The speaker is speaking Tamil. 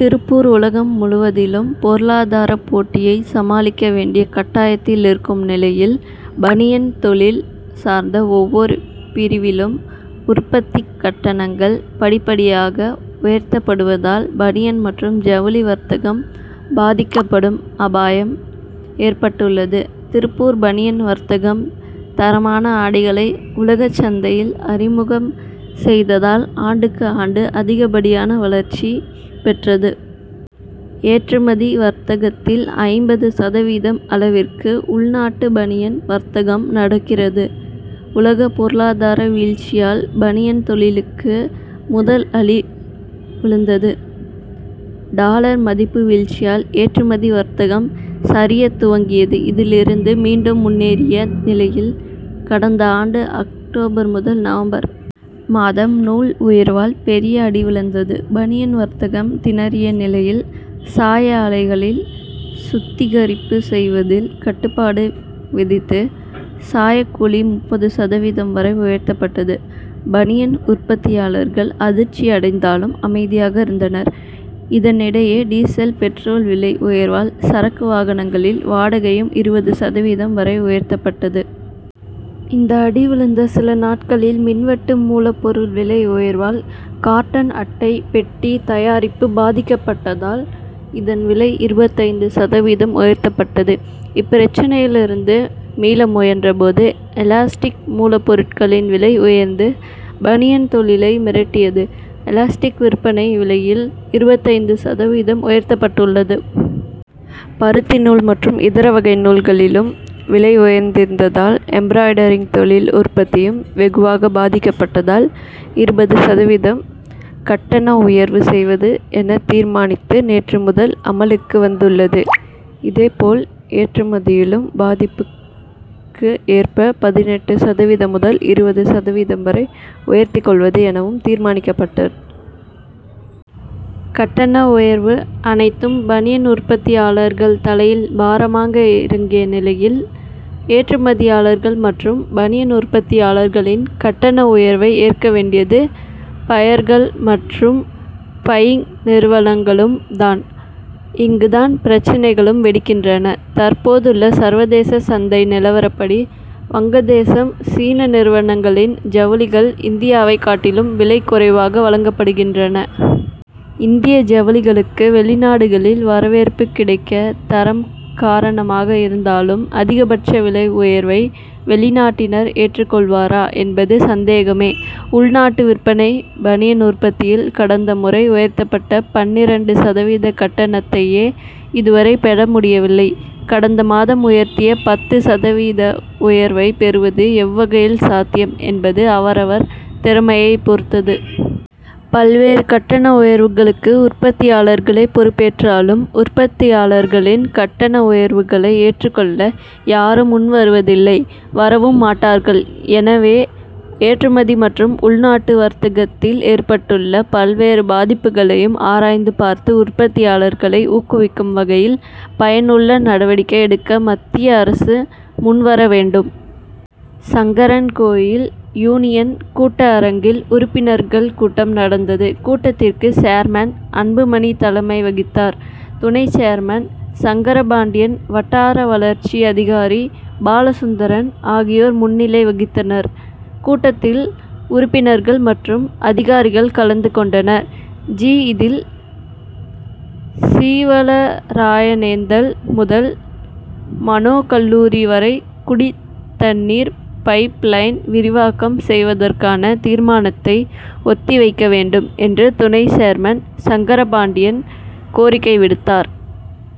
திருப்பூர் உலகம் முழுவதிலும் பொருளாதார போட்டியை சமாளிக்க வேண்டிய கட்டாயத்தில் இருக்கும் நிலையில் பனியன் தொழில் சார்ந்த ஒவ்வொரு பிரிவிலும் உற்பத்தி கட்டணங்கள் படிப்படியாக உயர்த்தப்படுவதால் பனியன் மற்றும் ஜவுளி வர்த்தகம் பாதிக்கப்படும் அபாயம் ஏற்பட்டுள்ளது. திருப்பூர் பனியன் வர்த்தகம் தரமான ஆடைகளை உலகச் சந்தையில் அறிமுகம் செய்ததால் ஆண்டுக்கு ஆண்டு அதிகப்படியான வளர்ச்சி பெற்றது. ஏற்றுமதி வர்த்தகத்தில் ஐம்பது சதவீதம் அளவிற்கு உள்நாட்டு பனியன் வர்த்தகம் நடக்கிறது. உலக பொருளாதார வீழ்ச்சியால் பனியன் தொழிலுக்கு முதல் அடி விழுந்தது. டாலர் மதிப்பு வீழ்ச்சியால் ஏற்றுமதி வர்த்தகம் சரியத் துவங்கியது. இதிலிருந்து மீண்டும் முன்னேறிய நிலையில் கடந்த ஆண்டு அக். முதல் நவ. மாதம் நூல் உயர்வால் பெரிய அடி விழுந்தது. பனியன் வர்த்தகம் திணறிய நிலையில் சாய ஆலைகளில் சுத்திகரிப்பு செய்வதில் கட்டுப்பாடு விதித்து சாயக்கூலி முப்பது சதவீதம் வரை உயர்த்தப்பட்டது. பனியன் உற்பத்தியாளர்கள் அதிர்ச்சி அடைந்தாலும் அமைதியாக இருந்தனர். இதனிடையே டீசல் பெட்ரோல் விலை உயர்வால் சரக்கு வாகனங்களில் வாடகையும் இருபது சதவீதம் வரை உயர்த்தப்பட்டது. இந்த அடி விழுந்த சில நாட்களில் மின்வெட்டு மூலப்பொருள் விலை உயர்வால் கார்டன் அட்டைப் பெட்டி தயாரிப்பு பாதிக்கப்பட்டதால் இதன் விலை இருபத்தைந்து சதவீதம் உயர்த்தப்பட்டது. இப்பிரச்னையில் இருந்து மீள முயன்ற போது எலாஸ்டிக் மூலப்பொருட்களின் விலை உயர்ந்து பனியன் தொழிலை மிரட்டியது. எலாஸ்டிக் விற்பனை விலையில் இருபத்தைந்து சதவீதம் உயர்த்தப்பட்டுள்ளது. பருத்தி நூல் மற்றும் இதர வகை நூல்களிலும் விலை உயர்ந்திருந்ததால் எம்ப்ராய்டரிங் தொழில் உற்பத்தியும் வெகுவாக பாதிக்கப்பட்டதால் இருபது சதவீதம் கட்டண உயர்வு செய்வது என தீர்மானித்து நேற்று முதல் அமலுக்கு வந்துள்ளது. இதேபோல் ஏற்றுமதியிலும் பாதிப்புக்கு ஏற்ப பதினெட்டு சதவீதம் முதல் இருபது சதவீதம் வரை உயர்த்திக் கொள்வது எனவும் தீர்மானிக்கப்பட்டது. கட்டண உயர்வு அனைத்தும் பனியன் உற்பத்தியாளர்கள் தலையில் பாரமாக இறங்கிய நிலையில் ஏற்றுமதியாளர்கள் மற்றும் பனியன் உற்பத்தியாளர்களின் கட்டண உயர்வை ஏற்க வேண்டியது பையர்கள் மற்றும் பையிங் நிறுவனங்களும் தான். இங்கு தான் பிரச்னைகளும் வெடிக்கின்றன. தற்போதுள்ள சர்வதேச சந்தை நிலவரப்படி வங்கதேசம் சீன நிறுவனங்களின் ஜவுளிகள் இந்தியாவை காட்டிலும் விலை குறைவாக வழங்கப்படுகின்றன. இந்திய ஜவுளிகளுக்கு வெளிநாடுகளில் வரவேற்பு கிடைக்க தரம் காரணமாக இருந்தாலும் அதிகபட்ச விலை உயர்வை வெளிநாட்டினர் ஏற்றுக்கொள்வரா என்பது சந்தேகமே. உள்நாட்டு விற்பனை பனியன் உற்பத்தியில் கடந்த முறை உயர்த்தப்பட்ட பன்னிரண்டு சதவீத கட்டணத்தையே இதுவரை பெற முடியவில்லை. கடந்த மாதம் உயர்த்திய பத்து சதவீத உயர்வை பெறுவது எவ்வகையில் சாத்தியம் என்பது அவரவர் திறமையை பொருத்தது. பல்வேறு கட்டண உயர்வுகளுக்கு உற்பத்தியாளர்களே பொறுப்பேற்றாலும் உற்பத்தியாளர்களின் கட்டண உயர்வுகளை ஏற்றுக்கொள்ள யாரும் முன்வருவதில்லை வரவும் மாட்டார்கள். எனவே ஏற்றுமதி மற்றும் உள்நாட்டு வர்த்தகத்தில் ஏற்பட்டுள்ள பல்வேறு பாதிப்புகளையும் ஆராய்ந்து பார்த்து உற்பத்தியாளர்களை ஊக்குவிக்கும் வகையில் பயனுள்ள நடவடிக்கை எடுக்க மத்திய அரசு முன்வர வேண்டும். சங்கரன்கோவில் யூனியன் கூட்ட அரங்கில் உறுப்பினர்கள் கூட்டம் நடந்தது. கூட்டத்திற்கு சேர்மன் அன்புமணி தலைமை வகித்தார். துணை சேர்மன் சங்கரபாண்டியன் வட்டார வளர்ச்சி அதிகாரி பாலசுந்தரம் ஆகியோர் முன்னிலை வகித்தனர். கூட்டத்தில் உறுப்பினர்கள் மற்றும் அதிகாரிகள் கலந்து கொண்டனர். ஜி. இதில் சீவலராயனேந்தல் முதல் மனோ கல்லூரி வரை குடிதண்ணீர் பைப் லைன் விரிவாக்கம் செய்வதற்கான தீர்மானத்தை ஒத்தி வைக்க வேண்டும் என்று துணை சேர்மன் சங்கரபாண்டியன் கோரிக்கை விடுத்தார்.